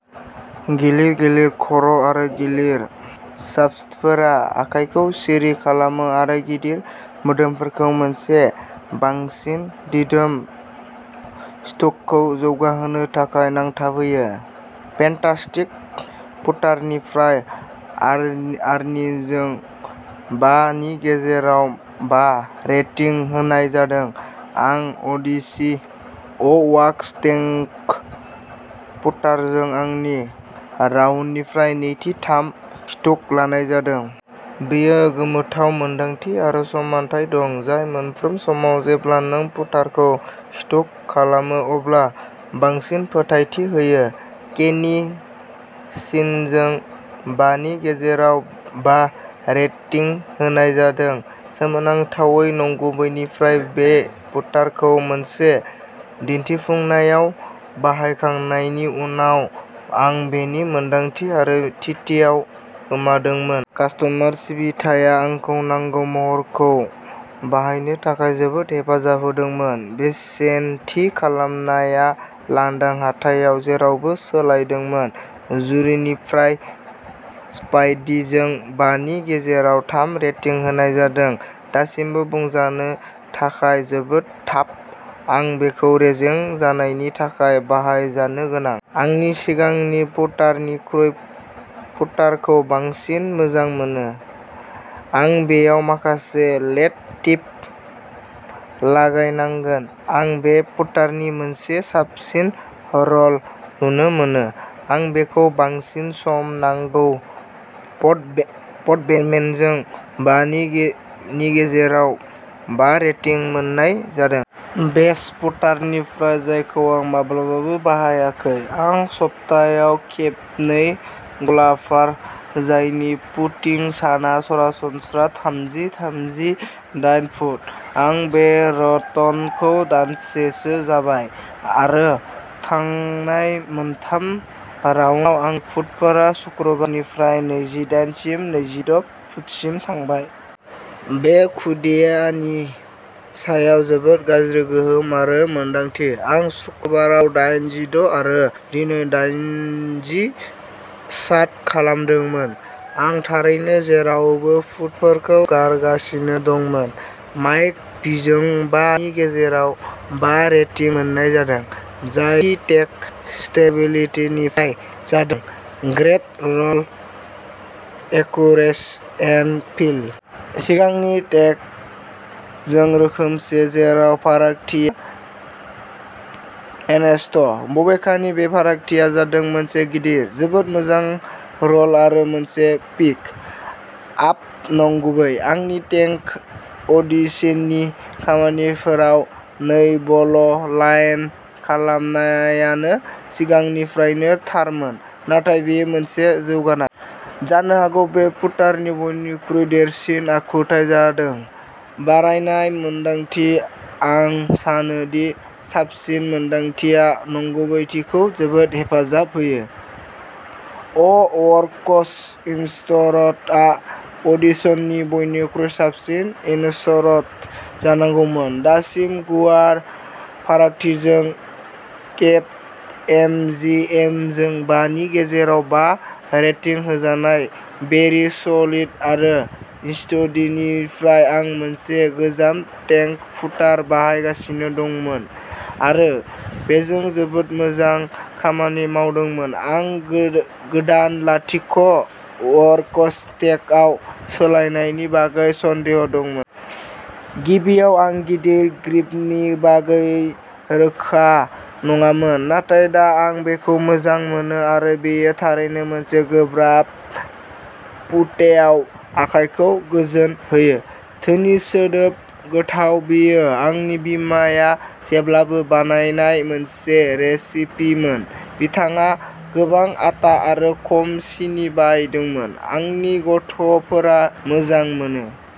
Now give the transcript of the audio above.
गिलिर, गिलिर खर' आरो गिलिर शाफ्टफोरा आखाइखौ सिरि खालामो आरो गिदिर मोदोमफोरखौ मोनसे बांसिन दिदोम स्ट्रकखौ जौगाहोनो थाखाय नांथाबहोयो। फेन्टास्टिक पुटारनिफ्राय आरनिजों बा नि गेजेराव बा रेटिं होनाय जादों आं अडिसी अ-वर्क्स टेंक पुटारजों आंनि राउन्डनिफ्राय नै-थाम स्ट्रक लानाय जादों। बेयो गोमोथाव मोनदांथि आरो समानथाय दं। जाय मोनफ्रोम समाव जेब्ला नों पुटारखौ स्ट्रक खालामो अब्ला बांसिन फोथायथि होयो। केनी जिजों बा नि गेजेराव बा रेटिं होनाय जादों सोमोनांथावै नंगुबैनिफ्राय बे पुटारखौ मोनसे दिन्थिफुंनायाव बाहायखांनायनि उनाव आं बेनि मोनदांथि आरो थिथियाव गोमोदोंमोन। कास्ट'मार सिबिथाया आंखौ नांगौ महरखौ बायनो थाखाय जोबोद हेफाजाब होदोंमोन। बेसेन थि खालामनाया लांदां हाथायाव जेरावबो सौलायदोंमोन। जुरिनिफ्राय स्पाइडी जों बा नि गेजेराव थाम रेटिं होनाय जादों दासिमबो बुंजानो थाखाय जोबोद थाब। आं बेखौ रेजें जानायनि थाखाय बाहायजानो गोनां। आंनि सिगांनि पुटारनिख्रुइ पुटारखौ बांसिन मोजां मोनो। आं बेयाव माखासे लिड टेप लागायनांगोन। आं बे पुटारनि मोनसे साबसिन र'ल नुनो मोनो। आं बेखौ बांसिन सम नांगौ। फट'बेन्डमेनजों बा नि गेजेराव बा रेटिं मोननाय जादों। बेस्ट पुटारनिफ्राय जायखौ आं माब्लाबाबो बाहायाखै। आं सप्तायाव खेबनै गल्फार जायनि पुटिं साना सरासनस्रा थामजि-थामजि दाइन पुट। आं बे रतन’खौ दानसेसो जाबाय आरो थांनाय मोनथाम राउन्डआव आंनि पुटफोरा सुक्रुबारनिफ्राय नैजिदाइन सिम नैजिद’ पुटसिम थांबाय। बे खुदियानि सायाव जोबोद गाज्रि गोहोम आरो मोन्दांथि। आं सुक्रुबाराव दाइन जिद’ आरो दिनै दाइनजि शट खालामदोंमोन। आं थारैनो जेरावबो पुटफोरखौ गारगासिनो दंमोन। माइक बिजों बा नि गेजेराव बा रेटिं मोननाय जादो। जाय थि टेंक स्टेबिलिटिनिफ्राय जादों-ग्रेट र'ल, एक्युरेसि एन्ड फिल। सिगांनि टेंक जों रोखोमसे। जेराव फारागथिया इन्सर्ट। बबेखानि बे फारागथिया जादों मोनसे गिदिर। जोबोद मोजां र'ल आरो मोनसे पिक आप नंगुबै। आंनि टेंक अडिसीनि खामानिफोराव नै बल लाइन खालामनायानो सिगांनिफ्रायनो थारमोन। नाथाय बेयो मोनसे जौगानाय। जानो हागौ बे पुटारनि बयनिख्रुइ देरसिन आखुथाया जादों बारायनाय मोनदांथि। आं सानो दि साबसिन मोनदांथिया नंगुबैथिखौ जोबोद हेफाजाब होयो। अ-वर्क्स इन्सरटआ अडिसीनि बयनिख्रुइ साबसिन इन्सरट जानांगौमोन दासिम गुवार फारागथिजों। केप्ट एम जि एमजों बा नि गेजेराव बा रेटिं होजानाय वेरी सलिड आरो स्टेडीनिफ्राय आं मोनसे गोजाम टेंक पुटार बाहायगासिनो दंमोन आरो बेजों जोबोद मोजां खामानि मावदोंमोन आं गोदान लाथिख’-वरक्स टेंक आव सोलायनायनि बागै सन्देह दंमोन। गिबियाव आं गिदिर ग्रिपनि बागै रोखा नङामोन नाथाय दा आं बेखौ मोजां मोनो आरो बेयो थारैनो मोनसे गोब्राब पुटेआव आखाइखौ गोजोन होयो। धोनि, सिदोब, गोथाव। बेयो आंनि बिमाया जेब्लाबो बानायनाय मोनसे रेसिपिमोन। बिथाङा गोबां आटा आरो खम सिनि बाहायदोंमोन। आंनि गथ'फोरा मोजां मोनो।